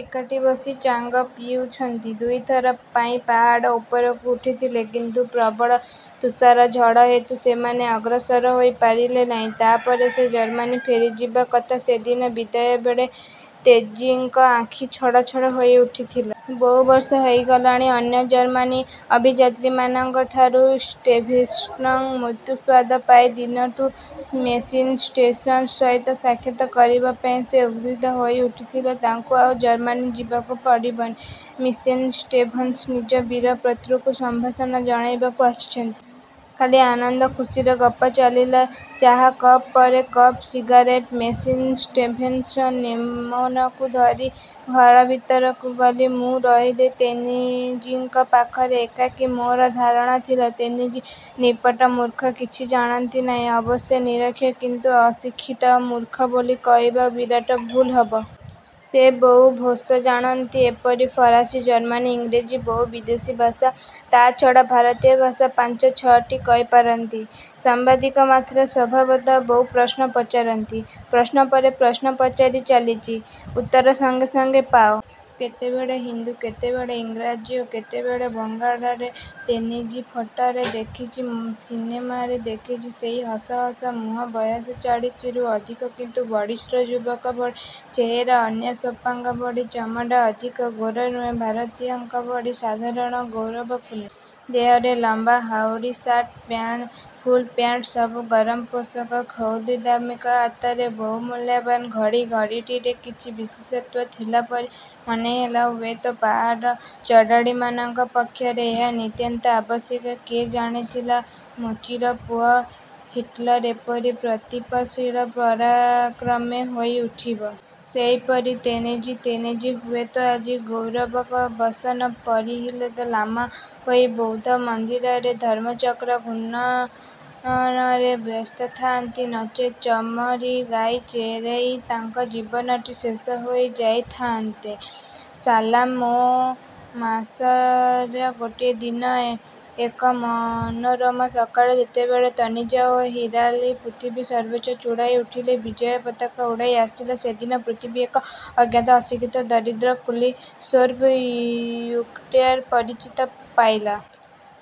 ଏକାଠି ବସି ଚାଙ୍ଗ ପିଇଚନ୍ତି। ଦୁଇ ଥର ପାଇଁ ପାହାଡ଼ ଉପରକୁ ଉଠିଥିଲେ କିନ୍ତୁ ପ୍ରବଳ ତୁଷାର ଝଡ଼ ହେତୁ ସେମାନେ ଅଗ୍ରସର ହୋଇ ପାରିଲେ ନାହିଁ। ତା ପରେ ସେ ଜର୍ମାନୀ ଫେରିଯିବା କଥା; ସେ ଦିନର ବିଦାୟ ବେଳେ ତେନଜିଂଙ୍କ ଆଖି ଛଳ ଛଳ ହୋଇ ଉଠିଥିଲା। ବହୁ ବର୍ଷ ହୋଇଗଲାଣି। ଅନ୍ୟ ଜର୍ମାନ ଅଭିଯାତ୍ରୀମାନଙ୍କଠାରୁ ଷ୍ଟିଭେନ୍ସନ୍ଙ୍କ ମୃତ୍ୟୁ ସମ୍ୱାଦ ପାଇବା ଦିନଠୁ ମିସେସ୍ ଷ୍ଟିଭେନ୍ସନ୍ଙ୍କ ସହିତ ସାକ୍ଷାତ କରିବା ପାଇଁ ସେ ଉଦ୍ବିଗ୍ନ ହୋଇ ଉଠିଥିଲେ। ତାଙ୍କୁ ଆଉ ଜର୍ମାନୀ ଯିବାକୁ ପଡ଼ିନି। ମିସେସ୍ ଷ୍ଟିଭେନ୍ସନ୍ ନିଜେ ବୀର ପୁତ୍ରକୁ ସଂଭାଷଣ ଜଣାଇବାକୁ ଆସିଛନ୍ତି। ଖାଲି ଆନନ୍ଦ ଖୁସିରେ ଗପ ଚାଲିଲା। ଚାହା କପ ପରେ କପ। ସିଗାରେଟ୍। ମିସେସ୍ ଷ୍ଟିଭେନ୍ସନ୍ ନିମୋକୁ ଧରି ଘର ଭିତରକୁ ଗଲେ। ମୁଁ ରହିଲି ତେନଜିଂଙ୍କ ପାଖରେ ଏକାକୀ! ମୋର ଧାରଣା ଥିଲା ତେନଜିଂ ନିପଟ ମୂର୍ଖ। କିଛି ଜାଣନ୍ତି ନାହିଁ। ଅବଶ୍ୟ ନିରକ୍ଷର କିନ୍ତୁ ଅଶିକ୍ଷିତ, ମୂର୍ଖ ବୋଲି କହିବା ବିରାଟ ଭୁଲ ହେବ। ସେ ବହୁ ଭେଷା ଜାଣନ୍ତି। ଏପରିକି ଫରାସୀ, ଜର୍ମାନ, ଇଂରେଜ ବହୁ ବିଦେଶୀ ଭାଷା। ତା'ଛଡ଼ା ଭାରତୀୟ ଭାଷା ପାଞ୍ଚ ଛଅଟି କହି ପାରନ୍ତି। ସାମ୍ୱାଦିକ ମାତ୍ରେ ସ୍ୱଭାବତଃ ବହୁ ପ୍ରଶ୍ନ ପଚାରନ୍ତି। ପ୍ରଶ୍ନ ପରେ ପ୍ରଶ୍ନ ପଚାରି ଚାଲିଚି। ଉତ୍ତର ସଙ୍ଗେ ସଙ୍ଗେ ପାଏ। କେତେବେଳେ ହିନ୍ଦ, କେତେବେଳେ ଇଂରେଜୀ ଓ କେତେବେଳେ ବଙ୍ଗଳାରେ। ତେନଜିଂ! ଫଟୋରେ ଦେଖିଚି, ସିନେମାରେ ଦେଖିଚି। ସେଇ ହସ ହସ ମୁହଁ। ବୟସ ଚାଳିଶରୁ ଅଧିକ। କିନ୍ତୁ ବଳିଷ୍ଠ ଯୁବକ ଭଳି ଚେହେରା। ଅନ୍ୟ ସେର୍ପାଙ୍କ ଭଳି ଚମଡ଼ା ଅଧିକ ଗୋରା ନୁହେଁ। ଭାରତୀୟଙ୍କ ଭଳି ସାଧାରଣ ଗୌରବର୍ଣ୍ଣ। ଦେହରେ ଲମ୍ୱା ହାଓ୍ୱାଇ ସାର୍ଟ-। ଫୁଲପ୍ୟାଣ୍ଟ। ସବୁ ଗରମ ପୋଷାକ। ଖଉବ୍ ଦାମିକା। ହାତରେ ବହୁ ମୂଲ୍ୟବାନ ଘଡ଼ି-। ଘଡ଼ିଟିରେ କିଛି ବିଶେଷତ୍ୱ ଥିଲାପରି ମନେ ହେଲା। ହୁଏତ ପାହାଡ଼ ଚଢ଼ାଳୀମାନଙ୍କ ପକ୍ଷରେ ଏହା ନିତାନ୍ତ ଆବଶ୍ୟକ। କିଏ ଜାଣିଥିଲା ମୋଚିର ପୁଅ ହିଟଲର ଏପରି ପ୍ରତାପଶାଳୀ ପରାକ୍ରମୀ ହୋଇ ଉଠିବ-? ସେହିପରି ତେନଜିଂ! ତେନଜିଂ ହୁଏତ ଆଜି ଗୈରିକବସନ ପରିହିତ ଲାମା ହୋଇ ବୌଦ୍ଧ ମନ୍ଦିରରେ ଧର୍ମଚକ୍ର ଘୂର୍ଣ୍ଣନରେ ବ୍ୟସ୍ତ ଥାଆନ୍ତେ ନଚେତ୍ ଚମରୀ ଗାଈ ଚରେଇ ତାଙ୍କ ଜୀବନଟି ଶେଷ ହୋଇ ଯାଇଥାଆନ୍ତା। ସାଲର ମେ ମାସର ଗୋଟିଏ ଦିନ। ଏକ ମନୋରମ ସକାଳେ ଯେତେବେଳେ ତେନଜିଂ ଓ ହିଲାରୀ ପୃଥିବୀର ସର୍ବୋଚ୍ଚ ଚୂଡ଼ାକୁ ଉଠିଲେ, ବିଜୟ ପତାକା ଉଡ଼ାଇ ଆସିଲେ, ସେଦିନ ପୃଥିବୀ ଏହି ଅଜ୍ଞାତ ଅଶିକ୍ଷିତ ଦରିଦ୍ର କୁଲି ସେର୍ପା ଯୁବକଟିର ପରିଚୟ ପାଇଲା।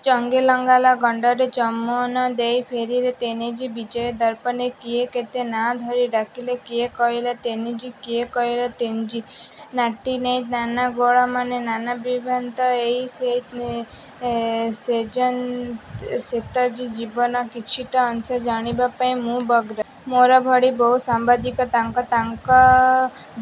ଚଙ୍ଗୋଲଙ୍ଗମା ଗଣ୍ଡରେ ଚୁମ୍ୱନ ଦେଇ ଫେରିଲେ ତେନଜିଂ ବିଜୟ ଦର୍ପରେ। କିଏ କେତେ ନାଁ ଧରି ଡ଼ାକିଲେ; କିଏ କହିଲା ତେନସିଂ କିଏ କହିଲା ତେନ୍ଜିନ୍। ନାଁଟି ନେଇ ନାନା ଗୋଳମାଳ। ନାନା ବିଭ୍ରାନ୍ତି। ଏଇ ସେଇ ସେତଜିଂ। ଜୀବନର କିଛିଟା ଅଂଶ ଜାଣିବା ପାଇଁ ମୁଁ ବ୍ୟଗ୍ର। ମୋରି ଭଳି ବହୁ ସାମ୍ୱାଦିକ ତାଙ୍କୁ ତାଙ୍କ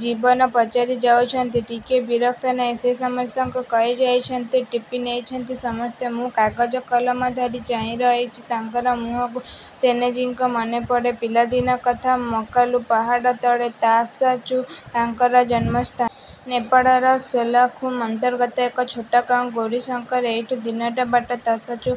ଜୀବନୀ ପଚାରି ଯାଇଚନ୍ତି। ଟିକିଏ ବିରକ୍ତ ନାହିଁ। ସେ ସମସ୍ତଙ୍କ କହି ଯାଇଛନ୍ତି, ଟିପି ନେଇଛନ୍ତି ସମସ୍ତେ। ମୁଁ କାଗଜ କଲମ ଧରି ଚାହିଁ ରହିଚି ତାଙ୍କ ମୁହଁକୁ। ତେନଜିଂଙ୍କ ମନେପଡେ ପିଲାଦିନ କଥା। ମକାଲୁ ପାହାଡ଼ ତଳେ ତସା-ଚୁ ତାଙ୍କର ଜନ୍ମସ୍ଥାନ। ନେପାଳର ଶୋଲାଖମ୍ବୁ ଅନ୍ତର୍ଗତ ଏକ ଛୋଟ ଗାଁ। ଗୌରୀଶଙ୍କର ଏଇଠୁ ଦିନକର ବାଟ। ତସା–ଚୁ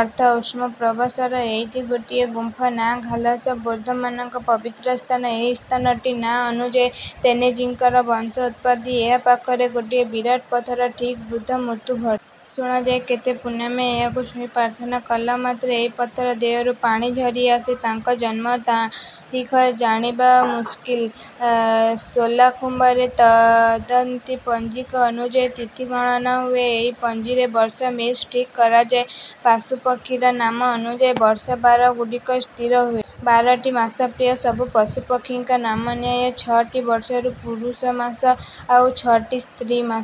ଅର୍ଥ–ଉଷ୍ଣ ପ୍ରସ୍ରବଣ। ଏଇଠି ଗୋଟି ଗୁମ୍ପା ନାଁ ଘାଂ-ଲା। ବୌଦ୍ଧ ମାନଙ୍କର ପବିତ୍ର ସ୍ଥାନ। ଏହି ସ୍ଥାନଟି ନାଁ ଅନୁଯାୟୀ ତେନଜିଂଙ୍କର ବଂଶ ଉପାଧି। ଏହା ପାଖରେ ଗୋଟିଏ ବିରାଟ ପଥର–ଠିକ୍ ବୁଦ୍ଧ ମୂର୍ତ୍ତି ଭଳି। ଶୁଣାଯାଏ, କୌଣସି ପୁଣ୍ୟାତ୍ମ ଏହାକୁ ଛୁଇଁ ପ୍ରାର୍ଥନା କଲାମାତ୍ରେ ଏହି ପଥର ଦେହରୁ ପାଣି ଝରିଆସେ। ତାଙ୍କ ଜନ୍ମ ତାରିଖ ଜାଣିବା ମୁସ୍କିଲ। ଶୋଲାଖମ୍ୱୁରେ ତିବ୍ଦତୀ ପଞ୍ଜିକା ଅନୁଯାୟୀ ତିଥି ଗଣନା ହୁଏ। ଏହି ପାଞ୍ଜିରେ ବର୍ଷ ମେସ ଠିକ୍ କରାଯାଏ। ପାଶୁ ପକ୍ଷୀର ନାମ ଅନୁଯାୟୀ ବର୍ଷ ବାର ଗୁଡ଼ିକ ସ୍ଥିର ହୁଏ। ବାରଟି ମାସପ୍ରାୟ ସବୁ ପଶୁ ପକ୍ଷୀଙ୍କ ନାମାନୁଯାୟୀ। ଛଅଟି ବର୍ଷକୁ ପୁରୁଷ ମାସ–ଆଉ ଛଅଟି ସ୍ତ୍ରୀ ମାସ।